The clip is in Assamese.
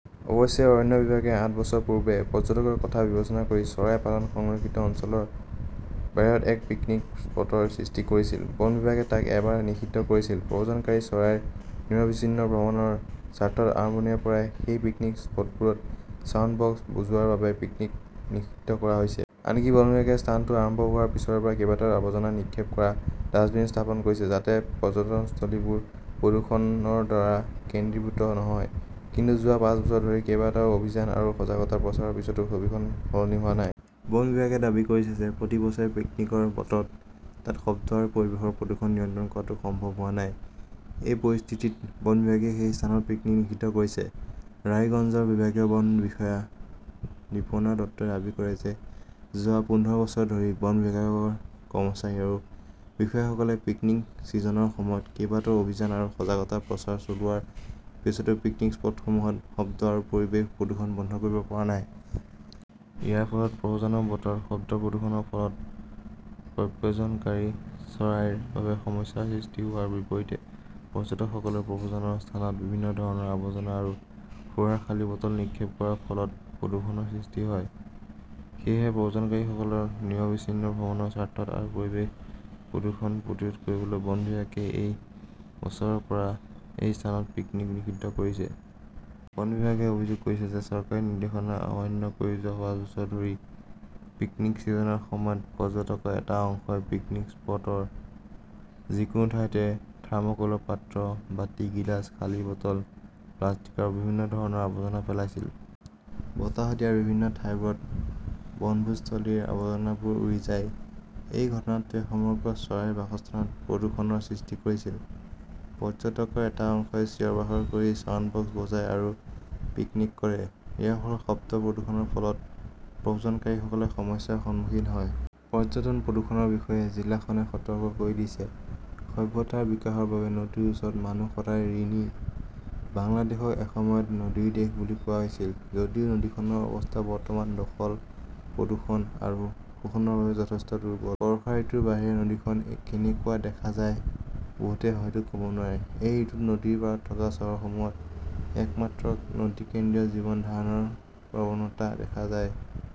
অৱশ্যে, অৰণ্য বিভাগে আঠ বছৰ পূৰ্বে পৰ্যটকৰ কথা বিবেচনা কৰি চৰাই পালন সংৰক্ষিত অঞ্চলৰ বাহিৰত এক পিকনিক স্পটৰ সৃষ্টি কৰিছিল। বন বিভাগে তাক এবাৰ নিষিদ্ধ কৰিছিল। প্ৰব্ৰজনকাৰী চৰাইৰ নিৰবিচ্ছিন্ন ভ্ৰমণৰ স্বাৰ্থত আৰম্ভণিৰে পৰাই সেই পিকনিক স্পটবোৰত ছাউণ্ডবক্স বজোৱাৰ বাবে পিকনিক নিষিদ্ধ কৰা হৈছে। আনকি বন বিভাগে স্থানটো আৰম্ভ হোৱাৰ পিছৰে পৰা কেইবাটাও আৱৰ্জনা নিক্ষেপ কৰা ডাস্টবিন স্থাপন কৰিছে, যাতে পৰ্যটনস্থলীবোৰ প্ৰদূষণৰ দ্বাৰা কেন্দ্ৰীভূত নহয়। কিন্তু যোৱা পাঁচ বছৰ ধৰি কেইবাটাও অভিযান আৰু সজাগতা প্ৰচাৰৰ পিছতো ছবিখন সলনি হোৱা নাই। বন বিভাগে দাবী কৰিছে যে, প্ৰতি বছৰে পিকনিকৰ বতৰত তাত শব্দ আৰু পৰিৱেশৰ প্ৰদূষণ নিয়ন্ত্ৰণ কৰাটো সম্ভৱ হোৱা নাই। এই পৰিস্থিতিত বন বিভাগে সেই স্থানত পিকনিক নিষিদ্ধ কৰিছে। ৰায়গঞ্জৰ বিভাগীয় বন বিষয়া দীপৰ্ণা দত্তই দাবী কৰে যে, যোৱা পোন্ধৰ বছৰ ধৰি বন বিভাগৰ কৰ্মচাৰী আৰু বিষয়াসকলে পিকনিক ছিজনৰ সময়ত কেইবাটাও অভিযান আৰু সজাগতা প্ৰচাৰ চলোৱাৰ পিছতো পিকনিক স্পটসমূহত শব্দ আৰু পৰিৱেশ প্ৰদূষণ বন্ধ কৰিব পৰা নাই। ইয়াৰ ফলত প্ৰব্ৰজনৰ বতৰত শব্দ প্ৰদূষণৰ ফলত প্ৰব্যজনকাৰী চৰাইৰ বাবে সমস্যাৰ সৃষ্টি হোৱাৰ বিপৰীতে পৰ্যটকসকলে প্ৰব্ৰজনৰ স্থানত বিভিন্ন ধৰণৰ আৱৰ্জনা আৰু সুৰাৰ খালী বটল নিক্ষেপ কৰাৰ ফলত প্ৰদুষণৰ সৃষ্টি হয়। সেয়েহে, প্ৰব্ৰজনকাৰীসকলৰ নিৰবিচ্ছিন্ন ভ্ৰমণৰ স্বাৰ্থত আৰু পৰিৱেশ প্ৰদূষণ প্ৰতিৰোধ কৰিবলৈ বন বিভাগে এই বছৰৰ পৰা এই স্থানত পিকনিক নিষিদ্ধ কৰিছে। বন বিভাগে অভিযোগ কৰিছে যে, চৰকাৰী নিৰ্দেশনা অমান্য কৰি যোৱা পাঁচ বছৰ ধৰি পিকনিক ছিজনৰ সময়ত পৰ্যটকৰ এটা অংশই পিকনিক স্পটৰ যিকোনো ঠাইতে থাৰ্মকলৰ পাত্ৰ, বাটি, গিলাছ, খালী বটল, প্লাষ্টিক আৰু বিভিন্ন ধৰণৰ আৱৰ্জনা পেলাইছিল। বতাহত ইয়াৰ বিভিন্ন ঠাইবোৰত বনভোজস্থলীৰ আবৰ্জনাবোৰ উৰি যায়। এই ঘটনাটোৱে সমগ্ৰ চৰাইৰ বাসস্থানত প্ৰদূষণৰ সৃষ্টি কৰিছিল। পৰ্যটকৰ এটা অংশই চিঞৰ-বাখৰ কৰি ছাউণ্ডবক্স বজায় আৰু পিকনিক কৰে। ইয়াৰ ফলত শব্দ প্ৰদূষণৰ ফলত প্ৰব্ৰজনকাৰীসকলে সমস্যাৰ সন্মুখীন হয়। পৰ্যটন-প্ৰদূষণৰ বিষয়ে জিলাখনে সতৰ্ক কৰি দিছে । সভ্যতাৰ বিকাশৰ বাবে নদীৰ ওচৰত মানুহ সদায় ঋণী। বাংলাদেশক এসময়ত নদীৰ দেশ বুলি কোৱা হৈছিল যদিও, নদীখনৰ অৱস্থা বৰ্তমান দখল, প্ৰদূষণ আৰু শোষণৰ বাবে যথেষ্ট দুৰ্বল। বৰ্ষা ঋতুৰ বাহিৰে নদীখন কেনেকুৱা দেখা যায় বহুতে হয়তো কব নোৱাৰে। এই ঋতুত নদীৰ পাৰত থকা চহৰসমূহত একমাত্ৰ নদী-কেন্দ্ৰীয় জীৱন ধাৰণৰ প্ৰৱণতা দেখা যায় ।